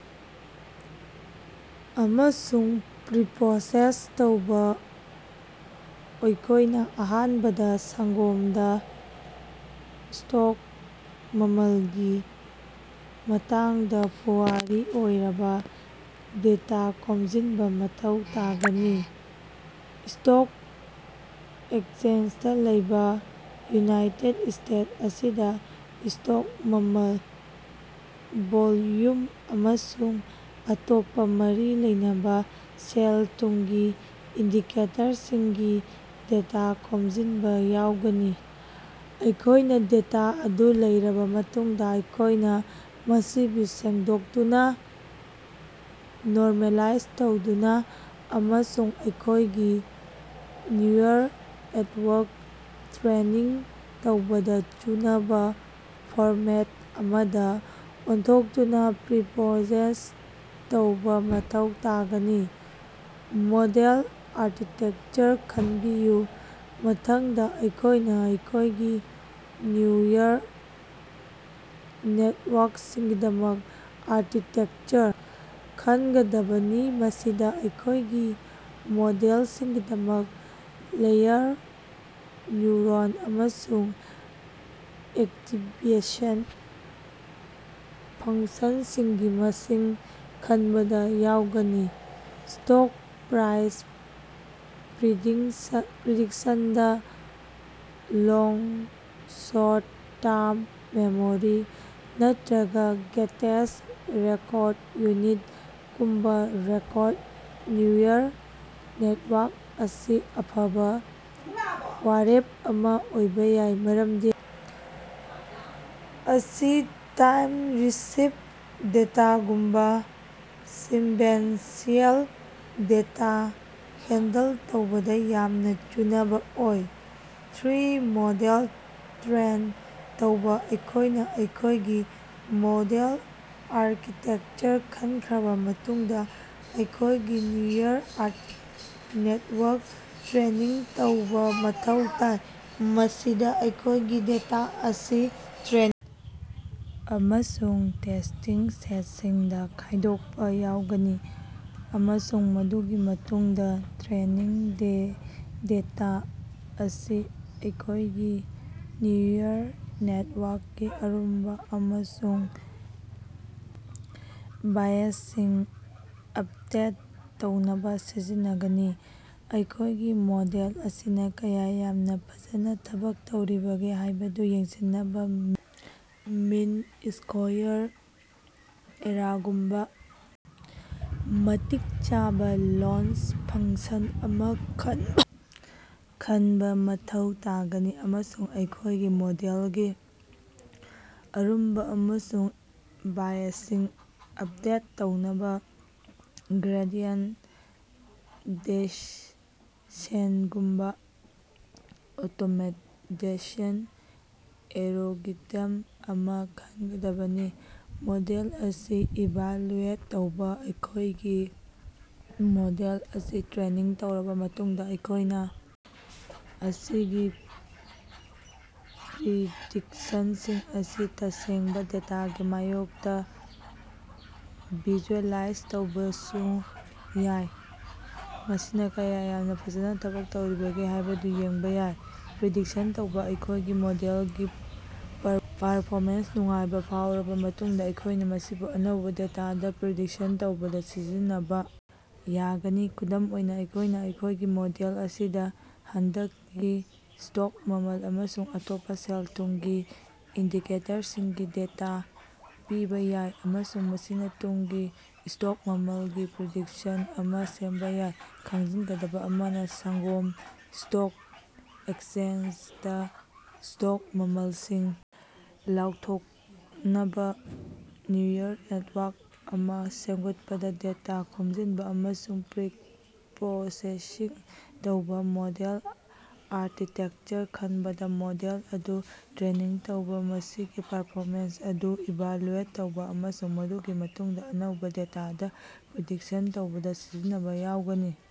ꯑꯃꯁꯨꯡ ꯄ꯭ꯔꯤꯄꯔꯣꯁꯦꯁ ꯇꯧꯕ ꯑꯩꯈꯣꯏꯅ ꯑꯍꯥꯟꯕꯗ ꯁꯪꯒꯣꯝꯗ ꯁ꯭ꯇꯣꯛ ꯃꯃꯜꯒꯤ ꯃꯇꯥꯡꯗ ꯄꯨꯋꯥꯔꯤ ꯑꯣꯏꯔꯕ ꯗꯦꯇꯥ ꯈꯣꯝꯖꯤꯟꯕ ꯃꯊꯧ ꯇꯥꯒꯅꯤ꯫ ꯁ꯭ꯇꯣꯛ ꯑꯦꯛꯆꯦꯟꯖꯗ ꯂꯩꯕ ꯎꯅꯥꯏꯇꯦꯠ ꯏ꯭ꯁꯇꯦꯠꯁ ꯃꯁꯤꯗ ꯁ꯭ꯇꯣꯛ ꯃꯃꯜ, ꯚꯣꯜꯌꯨꯝ, ꯑꯃꯁꯨꯡ ꯑꯇꯣꯞꯄ ꯃꯔꯤ ꯂꯩꯅꯕ ꯁꯦꯜ-ꯊꯨꯝꯒꯤ ꯏꯟꯗꯤꯀꯦꯇꯔꯁꯤꯡꯒꯤ ꯗꯦꯇ ꯈꯣꯝꯖꯤꯅꯕ ꯌꯥꯎꯒꯅꯤ꯫ ꯑꯩꯈꯣꯏꯅ ꯗꯦꯇꯥ ꯑꯗꯨ ꯂꯩꯔꯕ ꯃꯇꯨꯡꯗ, ꯑꯩꯈꯣꯏꯅ ꯃꯁꯤꯕꯨ ꯁꯦꯡꯗꯣꯛꯇꯨꯅ, ꯅꯣꯔꯃꯦꯂꯥꯏꯖ ꯇꯧꯗꯨꯅ ꯑꯃꯁꯨꯡ ꯑꯩꯈꯣꯏꯒꯤ ꯅ꯭ꯌꯨꯔꯜ ꯅꯦꯠꯋꯥꯔꯛ ꯇ꯭ꯔꯦꯅꯤꯡ ꯇꯧꯕꯗ ꯆꯨꯅꯕ ꯐꯣꯔꯃꯦꯠ ꯑꯃꯗ ꯑꯣꯟꯊꯣꯛꯇꯨꯅ ꯄ꯭ꯔꯤꯄꯔꯣꯁꯦꯁ ꯇꯧꯕ ꯃꯊꯧ ꯇꯥꯒꯅꯤ꯫ ꯃꯣꯗꯦꯜ ꯑꯥꯔꯀꯤꯇꯦꯀꯆꯔ ꯈꯟꯕꯤꯌꯨ: ꯃꯊꯪꯗ ꯑꯩꯈꯣꯏꯅ ꯑꯩꯈꯣꯏꯒꯤ ꯅ꯭ꯌꯨꯔꯜ ꯅꯦꯠꯋꯥꯔꯛꯁꯤꯡꯒꯤꯗꯃꯛ ꯑꯥꯔꯀꯤꯇꯦꯛꯆꯔ ꯈꯟꯒꯗꯕꯅꯤ꯫ ꯃꯁꯤꯗ ꯑꯩꯈꯣꯏꯒꯤ ꯃꯣꯗꯦꯜꯒꯤꯗꯃꯛꯇ ꯂꯦꯌꯔ, ꯅ꯭ꯌꯨꯔꯣꯟ ꯑꯃꯁꯨꯡ ꯑꯦꯛꯇꯤꯚꯦꯁꯟ ꯐꯪꯛꯁꯟꯁꯤꯡꯒꯤ ꯃꯁꯤꯡ ꯈꯟꯕꯗ ꯌꯥꯎꯒꯅꯤ꯫ ꯁ꯭ꯇꯣꯛ ꯄ꯭ꯔꯥꯏꯁ ꯄ꯭ꯔꯤꯗꯤꯛꯁꯟꯒꯤꯗꯃꯛꯇ, (ꯂꯣꯡ ꯁꯣꯔꯠ-ꯇꯔꯝ ꯃꯦꯃꯣꯔꯤ) ꯅꯠꯇꯔꯒꯥ (ꯒꯦꯇꯦꯗ ꯔꯤꯀꯣꯔꯗ ꯌꯨꯅꯤꯠ)ꯒꯨꯝꯕ ꯔꯤꯀꯣꯔꯗ ꯅ꯭ꯌꯨꯔꯜ ꯅꯦꯇꯋꯥꯔꯛ ꯑꯁꯤ ꯑꯐꯕ ꯋꯥꯔꯦꯞ ꯑꯃ ꯑꯣꯏꯕ ꯌꯥꯏ, ꯃꯔꯝꯗꯤ ꯑꯁꯤ ꯇꯥꯏꯝ ꯁꯤꯔꯤꯖ ꯗꯦꯇꯥꯒꯨꯝꯕ ꯁꯤꯛꯕꯦꯟꯁꯤꯑꯦꯜ ꯗꯦꯇꯥ ꯍꯦꯟꯗꯜ ꯇꯧꯕꯗ ꯌꯥꯝꯅ ꯆꯨꯅꯕ ꯑꯣꯏ꯫ ꯊ꯭ꯔꯤ ꯃꯣꯗꯦꯜ ꯇ꯭ꯔꯦꯟ ꯇꯧꯕ ꯑꯩꯈꯣꯏꯅ ꯑꯩꯈꯣꯏꯒꯤ ꯃꯣꯗꯦꯜ ꯑꯥꯔꯀꯤꯇꯦꯛꯆꯔ ꯈꯟꯈ꯭ꯔꯕ ꯃꯇꯨꯡꯗ ꯑꯩꯈꯣꯏꯒꯤ ꯅ꯭ꯌꯨꯔꯜ ꯅꯦꯇꯋꯥꯔꯛ ꯇ꯭ꯔꯦꯅꯤꯡ ꯇꯧꯕ ꯃꯊꯧ ꯇꯥꯏ꯫ ꯃꯁꯤꯗ ꯑꯩꯈꯣꯏꯒꯤ ꯗꯦꯇꯥ ꯑꯁꯤ ꯇ꯭ꯔꯦ ꯑꯃꯁꯨꯡ ꯇꯦꯁ꯭ꯇꯤꯡ ꯁꯦꯠꯁꯤꯡꯗꯥ ꯈꯥꯏꯗꯣꯛꯄ ꯌꯥꯎꯒꯅꯤ, ꯑꯃꯁꯨꯡ ꯃꯗꯨꯒꯤ ꯃꯇꯨꯡꯗꯥ ꯇ꯭ꯔꯦꯅꯤꯡ ꯗꯦꯇꯥ ꯑꯁꯤ ꯑꯩꯈꯣꯏꯒꯤ ꯅ꯭ꯌꯨꯔꯜ ꯅꯦꯠꯋꯥꯔꯛꯀꯤ ꯑꯔꯨꯝꯕ ꯑꯃꯁꯨꯡ ꯕꯥꯏꯑꯦꯖꯁꯤꯡ ꯑꯄꯗꯦꯠ ꯇꯧꯅꯕ ꯁꯤꯖꯤꯟꯅꯒꯅꯤ꯫ ꯑꯩꯈꯣꯏꯒꯤ ꯃꯣꯗꯦꯜ ꯑꯁꯤꯅ ꯀꯌꯥ ꯌꯥꯝꯅ ꯐꯖꯅ ꯊꯕꯛ ꯇꯧꯔꯤꯕꯒꯦ ꯍꯥꯏꯕꯗꯨ ꯌꯦꯡꯁꯤꯟꯅꯕꯥ ꯃꯤꯟ ꯁ꯭ꯀꯣꯌꯥꯔ ꯑꯦꯔꯥꯒꯨꯝꯕꯥ ꯃꯇꯤꯛ ꯆꯥꯕ ꯂꯣꯁ ꯐꯪꯛꯁꯟ ꯑꯃ ꯈꯟꯕ ꯃꯊꯧ ꯇꯥꯒꯅꯤ, ꯑꯃꯁꯨꯡ ꯑꯩꯈꯣꯏꯒꯤ ꯃꯣꯗꯦꯜꯒꯤ ꯑꯔꯨꯝꯕ ꯑꯃꯁꯨꯡ ꯕꯥꯏꯑꯦꯖꯁꯤꯡ ꯑꯄꯗꯦꯠ ꯇꯧꯅꯕ ꯒ꯭ꯔꯦꯗꯤꯌꯦꯟꯇ ꯗꯦꯁꯦꯟꯇꯒꯨꯝꯕ ꯑꯣꯞꯇꯤꯃꯥꯏꯖꯦꯁꯟ ꯑꯦꯜꯒꯣꯔꯤꯊꯝ ꯑꯃ ꯈꯟꯒꯗꯕꯅꯤ꯫ ꯃꯣꯗꯦꯜ ꯑꯁꯤ ꯏꯚꯥꯂꯨꯑꯦꯠ ꯇꯧꯕ ꯑꯩꯈꯣꯏꯒꯤ ꯃꯣꯗꯦꯜ ꯑꯁꯤ ꯇ꯭ꯔꯦꯅꯤꯡ ꯇꯧꯔꯕ ꯃꯇꯨꯡꯗ ꯑꯩꯈꯣꯏꯅ ꯑꯁꯤꯒꯤ ꯄ꯭ꯔꯤꯗꯤꯛꯁꯟꯁꯤꯡ ꯑꯁꯤ ꯇꯁꯦꯡꯕꯥ ꯗꯦꯇꯥꯒꯤ ꯃꯥꯌꯣꯛꯇ ꯚꯤꯖꯨꯑꯦꯂꯥꯏꯖ ꯇꯧꯕꯁꯨ ꯌꯥꯏ, ꯃꯁꯤꯅ ꯀꯌꯥ ꯌꯥꯝꯅ ꯐꯖꯅ ꯊꯕꯛ ꯇꯧꯔꯤꯕꯒꯦ ꯍꯥꯏꯕꯗꯨ ꯌꯦꯡꯕ ꯌꯥꯏ꯫ ꯄ꯭ꯔꯤꯗꯤꯛꯁꯟ ꯇꯧꯕ: ꯑꯩꯈꯣꯏꯒꯤ ꯃꯣꯗꯦꯜꯒꯤ ꯄꯔꯐꯣꯃꯦꯟꯁꯇ ꯅꯨꯡꯉꯥꯏꯕ ꯐꯥꯎꯔꯕ ꯃꯇꯨꯡꯗ, ꯑꯩꯈꯣꯏꯅ ꯃꯁꯤꯕꯨ ꯑꯅꯧꯕ ꯗꯦꯇꯥꯗ ꯄ꯭ꯔꯤꯗꯤꯛꯁꯟ ꯇꯧꯕꯗ ꯁꯤꯖꯤꯟꯅꯕ ꯌꯥꯒꯅꯤ꯫ ꯈꯨꯗꯝ ꯑꯣꯏꯅ, ꯑꯩꯈꯣꯏꯅ ꯑꯩꯈꯣꯏꯒꯤ ꯃꯣꯗꯦꯜ ꯑꯁꯤꯗ ꯍꯟꯗꯛꯀꯤ ꯁ꯭ꯇꯣꯛ ꯃꯃꯜ ꯑꯃꯁꯨꯡ ꯑꯇꯣꯞꯄꯥ ꯁꯦꯜ-ꯊꯨꯝꯒꯤ ꯏꯟꯗꯤꯀꯦꯇꯔꯁꯤꯡꯒꯤ ꯗꯦꯇ ꯄꯤꯕ ꯌꯥꯏ, ꯑꯃꯁꯨꯡ ꯃꯁꯤꯅ ꯇꯨꯡꯒꯤ ꯁ꯭ꯇꯣꯛ ꯃꯃꯜꯒꯤ ꯄ꯭ꯔꯤꯗꯤꯛꯁꯟ ꯑꯃ ꯁꯦꯝꯕ ꯌꯥꯏ꯫ ꯈꯪꯖꯤꯟꯒꯗꯕ ꯑꯃꯅ, ꯁꯪꯒꯣꯝ ꯁ꯭ꯇꯣꯛ ꯑꯦꯛꯆꯦꯟꯖꯗꯥ ꯁ꯭ꯇꯣꯛ ꯃꯃꯜꯁꯤꯡ ꯂꯥꯎꯊꯣꯛꯅꯕ ꯅ꯭ꯌꯨꯔꯜ ꯅꯦꯠꯋꯥꯔꯛ ꯑꯃ ꯁꯦꯝꯒꯠꯄꯗ ꯗꯦꯇꯥ ꯈꯣꯝꯖꯤꯟꯕ ꯑꯃꯁꯨꯡ ꯄ꯭ꯔꯤꯄꯔꯣꯁꯦꯁꯤꯡ ꯇꯧꯕ, ꯃꯣꯗꯦꯜ ꯑꯥꯔꯀꯤꯇꯦꯛꯆꯔ ꯈꯟꯕꯗ, ꯃꯣꯗꯦꯜ ꯑꯗꯨ ꯇ꯭ꯔꯦꯅꯤꯡ ꯇꯧꯕ, ꯃꯁꯤꯒꯤ ꯄꯔꯐꯣꯃꯦꯟꯁ ꯑꯗꯨ ꯏꯚꯥꯂꯨꯑꯦꯠ ꯇꯧꯕ, ꯑꯃꯁꯨꯡ ꯃꯗꯨꯒꯤ ꯃꯇꯨꯡꯗꯥ ꯑꯅꯧꯕ ꯗꯦꯇꯥꯗ ꯄ꯭ꯔꯤꯗꯤꯛꯁꯟ ꯇꯧꯕꯗ ꯁꯤꯖꯤꯟꯅꯕ ꯌꯥꯎꯒꯅꯤ꯫